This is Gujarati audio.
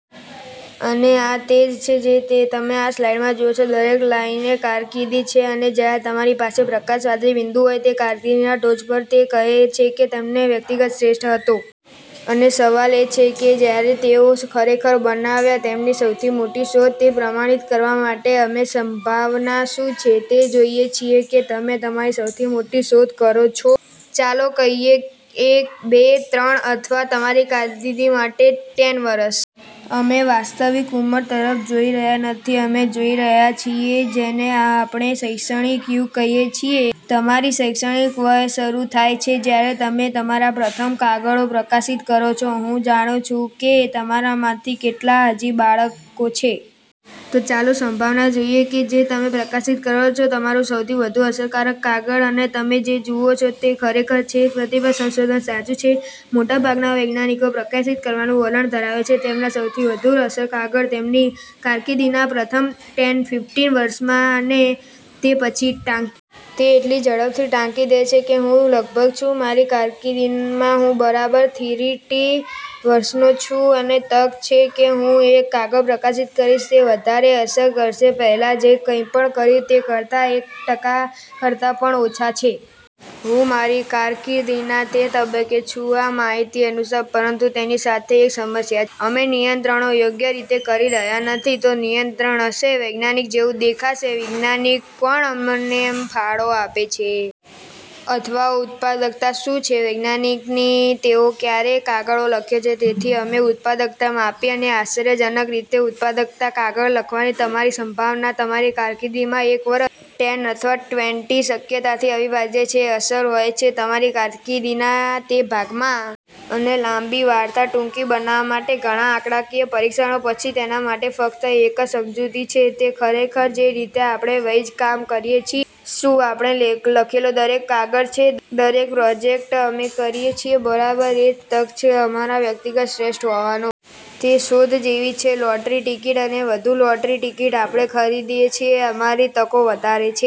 અને આ તે છે જે તમે આ સ્લાઇડમાં જુઓ છો. દરેક લાઇન એ કારકિર્દી છે અને જ્યારે તમારી પાસે પ્રકાશ વાદળી બિંદુ હોય તે કારકિર્દીની ટોચ પર તે કહે છે કે તે તેમનો વ્યક્તિગત શ્રેષ્ઠ હતો. અને સવાલ એ છે કે જ્યારે તેઓ ખરેખર બનાવ્યા તેમની સૌથી મોટી શોધ. તે પ્રમાણિત કરવા માટે અમે સંભાવના શું છે તે જોઈએ છીએ કે તમે તમારી સૌથી મોટી શોધ કરો છો. ચાલો કહીએ એક, બે, ત્રણ અથવા તમારી કારકિર્દી માટે ટેન વર્ષ. અમે વાસ્તવિક ઉંમર તરફ જોઈ રહ્યા નથી. અમે જોઈ રહ્યા છીએ જેને આપણે "શૈક્ષણિક યુગ" કહીએ છીએ. તમારી શૈક્ષણિક વય શરૂ થાય છે જ્યારે તમે તમારા પ્રથમ કાગળો પ્રકાશિત કરો છો. હું જાણું છું કે તમારામાંથી કેટલા હજી બાળકો છે. તો ચાલો સંભાવના જોઈએ કે જે તમે પ્રકાશિત કરો છો તમારું સૌથી વધુ અસરકારક કાગળ. અને તમે જે જુઓ છો તે ખરેખર છે. પ્રતિભા સંશોધન સાચું છે. મોટાભાગના વૈજ્ઞાનિકો પ્રકાશિત કરવાનું વલણ ધરાવે છે તેમના સૌથી વધુ અસર કાગળ તેમની કારકિર્દીના પ્રથમ ટેન, ફિફટિન વર્ષમાં અને તે પછી ટાંકી. તે એટલી ઝડપથી ટાંકી દે છે કે હું લગભગ છું મારી કારકિર્દીમાં હું બરાબર થીરટી વર્ષનો છું અને તક છે કે હું એક કાગળ પ્રકાશિત કરીશ તે વધારે અસર કરશે પહેલાં જે કંઈપણ કર્યું તે કરતાં એક ટકા કરતા પણ ઓછા છે. હું મારી કારકિર્દીના તે તબક્કે છું આ માહિતી અનુસાર. પરંતુ તેની સાથે એક સમસ્યા છે. અમે નિયંત્રણો યોગ્ય રીતે કરી રહ્યાં નથી. તો નિયંત્રણ હશે, વૈજ્ઞાનિક જેવું દેખાશે, વિજ્ઞાન કોણ અમનેમ ફાળો આપે છે? અથવા ઉત્પાદકતા શું છે વૈજ્ઞાનિકની? તેઓ ક્યારે કાગળો લખે છે? તેથી અમે ઉત્પાદકતા માપી અને આશ્ચર્યજનક રીતે ઉત્પાદકતા કાગળ લખવાની તમારી સંભાવના તમારી કારકિર્દીમાં એક વર્ષ, ટેન અથવા ટ્વેન્ટી શક્યતાથી અવિભાજ્ય છે અસર હોય છે તમારી કારકિર્દીના તે ભાગમાં. અને લાંબી વાર્તા ટૂંકી બનાવવા માટે ઘણાં આંકડાકીય પરીક્ષણો પછી તેના માટે ફક્ત એક જ સમજૂતી છે. તે ખરેખર જે રીતે આપણે વૈજ્ કામ કરીએ છીએ શું આપણે લખેલો દરેક કાગળ છે, દરેક પ્રોજેક્ટ અમે કરીએ છીએ, બરાબર એ જ તક છે અમારા વ્યક્તિગત શ્રેષ્ઠ હોવાનો. તે શોધ જેવી છે લોટરી ટિકિટ અને વધુ લોટરી ટિકિટ આપણે ખરીદિયે છે, અમારી તકો વધારે છે.